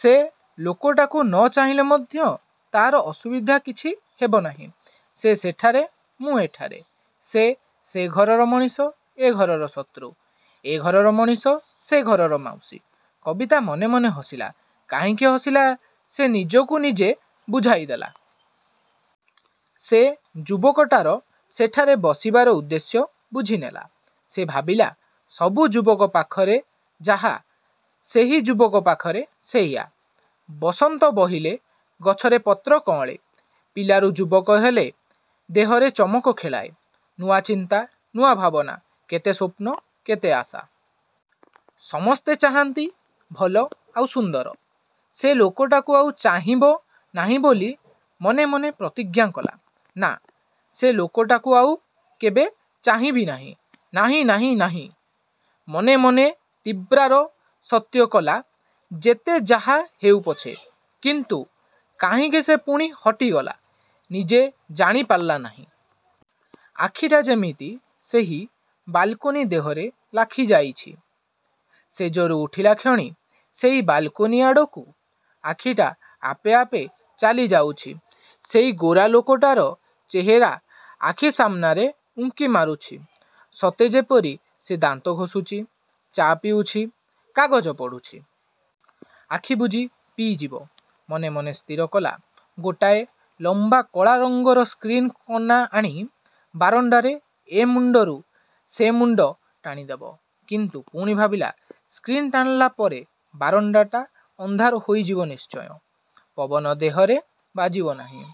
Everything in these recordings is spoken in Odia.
ସେ ଲୋକଟାକୁ ନ ଚାହିଁଲେ ମଧ୍ୟ ତା'ର ଅସୁବିଧା କିଛି ହେବନାହିଁ। ସେ ସେଠାରେ ମୁଁ ଏଠାରେ। ସେ, ସେ ଘରର ମଣିଷ ଏ ଘରର ଶତ୍ରୁ। ଏ ଘରର ମଣିଷ ସେ ଘରର ମାଉସୀ। କବିତା ମନେ ମନେ ହସିଲା। କାହିଁକି ହସିଲା ସେ ନିଜକୁ ନିଜେ ବୁଝାଇ ଦେଲା। ସେ ଯୁବକଟାର ସେଠାରେ ବସିବାର ଉଦ୍ଦେଶ୍ୟ ବୁଝିନେଲା। ସେ ଭାବିଲା ସବୁ ଯୁବକ ପାଖରେ ଯାହା, ସେହି ଯୁବକ ପାଖରେ ସେଇଆ। ବସନ୍ତ ବହିଲେ ଗଛରେ ପତ୍ର କଅଁଳେ। ପିଲାରୁ ଯୁବକ ହେଲେ ଦେହରେ ଚମକ ଖେଳାଏ। ନୂଆ ଚିନ୍ତା ନୂଆ ଭାବନା, କେତେ ସ୍ୱପ୍ନ କେତେ ଆଶା। ସମସ୍ତେ ଚାହାଁନ୍ତି ଭଲ ଆଉ ସୁନ୍ଦର। ସେ ଲୋକଟାକୁ ଆଉ ଚାହିଁବ ନାହିଁ ବୋଲି ମନେ ମନେ ପ୍ରତିଜ୍ଞା କଲା। ନାଁ, ସେ ଲୋକଟାକୁ ଆଉ କେବେ ଚାହିଁବି ନାହିଁ। ନାହିଁ ନାହିଁ, ନାହିଁ। ମନେ ମନେ ତ୍ରିବାର ସତ୍ୟକଲା ଯେତେ ଯାହା ହେଉପଛେ। କିନ୍ତୁ କାହିଁକି ସେ ପୁଣି ହଟିଗଲା, ନିଜେ ଜାଣି ପାରିଲା ନାହିଁ। ଆଖିଟା ଯେମିତି ସେହି ବାଲକୋନି ଦେହରେ ଲାଖି ଯାଇଛି। ଶେଯରୁ ଉଠିଲାକ୍ଷଣି ସେହି ବାଲକୋନି ଆଡ଼କୁ ଆଖିଟା ଆପେ ଆପେ ଚାଲିଯାଉଛି। ସେହି ଗୋରା ଲୋକଟାର ଚେହେରା ଆଖି ସାମନାରେ ଉଙ୍କି ମାରୁଛି। ସତେ ଯେପରି ସେ ଦାନ୍ତ ଘଷୁଛି, ଚା' ପିଉଛି, କାଗଜ ପଢ଼ୁଛି। ଆଖିବୁଜି ପିଇଯିବ। ମନେ ମନେ ସ୍ଥିର କଲା ଗୋଟାଏ ଲମ୍ୱା କଳା ରଙ୍ଗର ସ୍କ୍ରିନ୍ କନା ଆଣି ବାରଣ୍ଡାରେ ଏମୁଣ୍ଡରୁ ସେମୁଣ୍ଡ ଟାଣି ଦେବ। କିନ୍ତୁ ପୁଣି ଭାବିଲା ସ୍କ୍ରିନ୍ ଟାଣିଲା ପରେ ବାରଣ୍ଡାଟା ଅନ୍ଧାର ହୋଇଯିବ ନିଶ୍ଚୟ। ପବନ ଦେହରେ ବାଜିବ ନାହିଁ।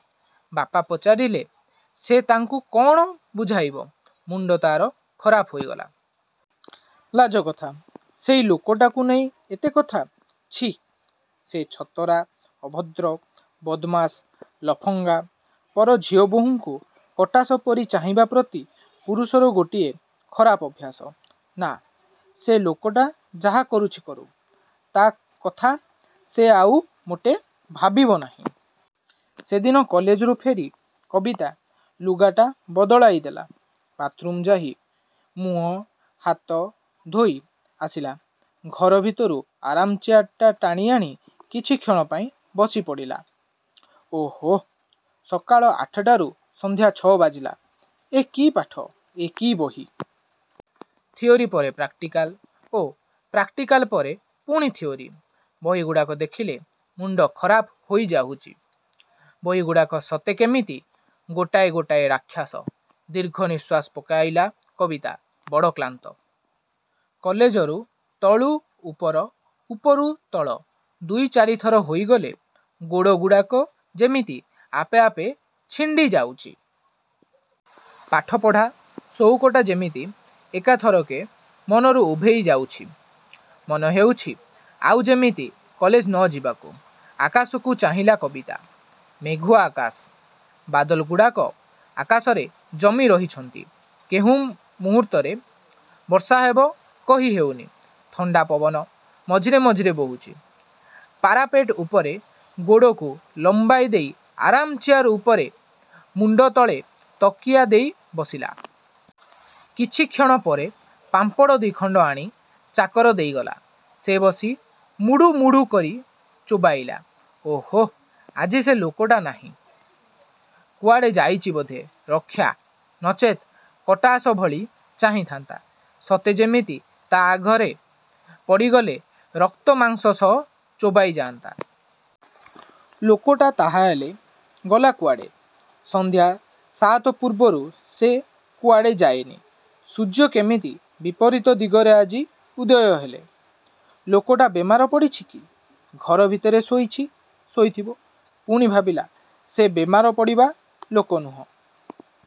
ବାପା ପଚାରିଲେ ସେ ତାଙ୍କୁ କ'ଣ ବୁଝାଇବ ମୁଣ୍ଡ ତା'ର ଖରାପ ହୋଇଗଲା। ଲାଜକଥା, ସେହି ଲୋକଟାକୁ ନେଇ ଏତେ କଥା। ଛି, ସେ ଛତରା, ଅଭଦ୍ର, ବଦମାସ, ଲଫଙ୍ଗା, ପର ଝିଅ ବୋହୂଙ୍କୁ କଟାସ ପରି ଚାହିଁବା ପ୍ରତି ପୁରୁଷର ଗୋଟାଏ ଖରାପ ଅଭ୍ୟାସ। ନାଁ ସେ ଲୋକଟା ଯାହା କରୁଛି କରୁ। ତା' କଥା ସେ ଆଉ ମୋଟେ ଭାବିବ ନାହିଁ। ସେଦିନ କଲେଜରୁ ଫେରି କବିତା ଲୁଗାଟା ବଦଳାଇ ଦେଲା। ବାଥ୍ରୁମ୍କୁ ଯାଇ ମୁହଁ ହାତ ଧୋଇ ଆସିଲା, ଘର ଭିତରୁ ଆରାମ୍ ଚେୟାରଟା ଟାଣିଆଣି କିଛିକ୍ଷଣ ପାଇଁ ବସିପଡ଼ିଲା। ଓଃହୋଃ ସକାଳ ଆଠରୁ ସନ୍ଧ୍ୟା ଛଅ ବାଜିଲା। ଏ କି ପାଠ। ଏ କି ବହି। ଥିଓରି ପରେ ପ୍ରାକ୍ଟିକାଲ ଓ ପ୍ରାକ୍ଟିକାଲ ପରେ ପୁଣି ଥିଓରି। ବହିଗୁଡ଼ାକ ଦେଖିଲେ ମୁଣ୍ଡ ଖରାପ ହୋଇଯାଉଛି। ବହିଗୁଡ଼ାକ ସତେ କେମିତି ଗୋଟାଏ ଗୋଟାଏ ରାକ୍ଷସ। ଦୀର୍ଘନିଶ୍ୱାସ ପକାଇଲା କବିତା। ବଡ଼ କ୍ଳାନ୍ତ। କଲେଜରୁ ତଳୁ ଉପର, ଉପରୁ ତଳ ଦୁଇ ଚାରିଥର ହୋଇଗଲେ ଗୋଡ଼ଗୁଡ଼ାକ ଯେମିତି ଆପେ ଆପେ ଛିଣ୍ଡି ଯାଉଛି। ପାଠପଢ଼ା ସଉକଟା ଯେମିତି ଏକାଥରକେ ମନରୁ ଉଭେଇ ଯାଉଛି। ମନ ହେଉଛି ଆଉ ଯେମିତି କଲେଜ ନ ଯିବାକୁ। ଆକାଶକୁ ଚାହିଁଲା କବିତା। ମେଘୁଆ ଆକାଶ। ବାଦଲଗୁଡ଼ାକ ଆକାଶରେ ଜମି ରହିଛନ୍ତି। କେଉଁ ମୁହୂର୍ତ୍ତରେ ବର୍ଷାହେବ କହି ହେଉନି। ଥଣ୍ଡାପବନ ମଝିରେ ମଝିରେ ବହୁଛି। ପାରାପେଟ୍ ଉପରେ ଗୋଡ଼କୁ ଲମ୍ୱାଇଦେଇ ଆରାମ୍ ଚେୟାର ଉପରେ ମୁଣ୍ଡତଳେ ତକିଆ ଦେଇ ବସିଲା। କିଛିକ୍ଷଣ ପରେ ପାମ୍ପଡ଼ ଦି'ଖଣ୍ଡ ଆଣି ଚାକର ଦେଇଗଲା। ସେ ବସି ମୁଡ଼ୁମୁଡ଼ୁ କରି ଚୋବାଇଲା। ଓଃ ହୋଃ ଆଜି ସେ ଲୋକଟା ନାହିଁ। କୁଆଡ଼େ ଯାଇଛି ବୋଧେ। ରକ୍ଷା, ନଚେତ୍ କଟାସ ଭଳି ଚାହିଁଥାନ୍ତା। ସତେ ଯେମିତି ତା' ଆଗରେ ପଡ଼ିଗଲେ ରକ୍ତମାଂସ ସହ ଚୋବାଇଯାନ୍ତା। ଲୋକଟା ତା' ହେଲେ ଗଲା କୁଆଡ଼େ? ସନ୍ଧ୍ୟା ସାତ ପୂର୍ବରୁ ସେ କୁଆଡ଼େ ଯାଏନି। ସୂର୍ଯ୍ୟ କିମିତି ବିପରୀତ ଦିଗରେ ଆଜି ଉଦୟ ହେଲେ? ଲୋକଟା ବେମାର ପଡ଼ିଛି କି? ଘର ଭିତରେ ଶୋଇଛି। ଶୋଇଥିବ। ପୁଣି ଭାବିଲା, ସେ ବେମାର ପଡ଼ିବା ଲୋକ ନୁହେଁ।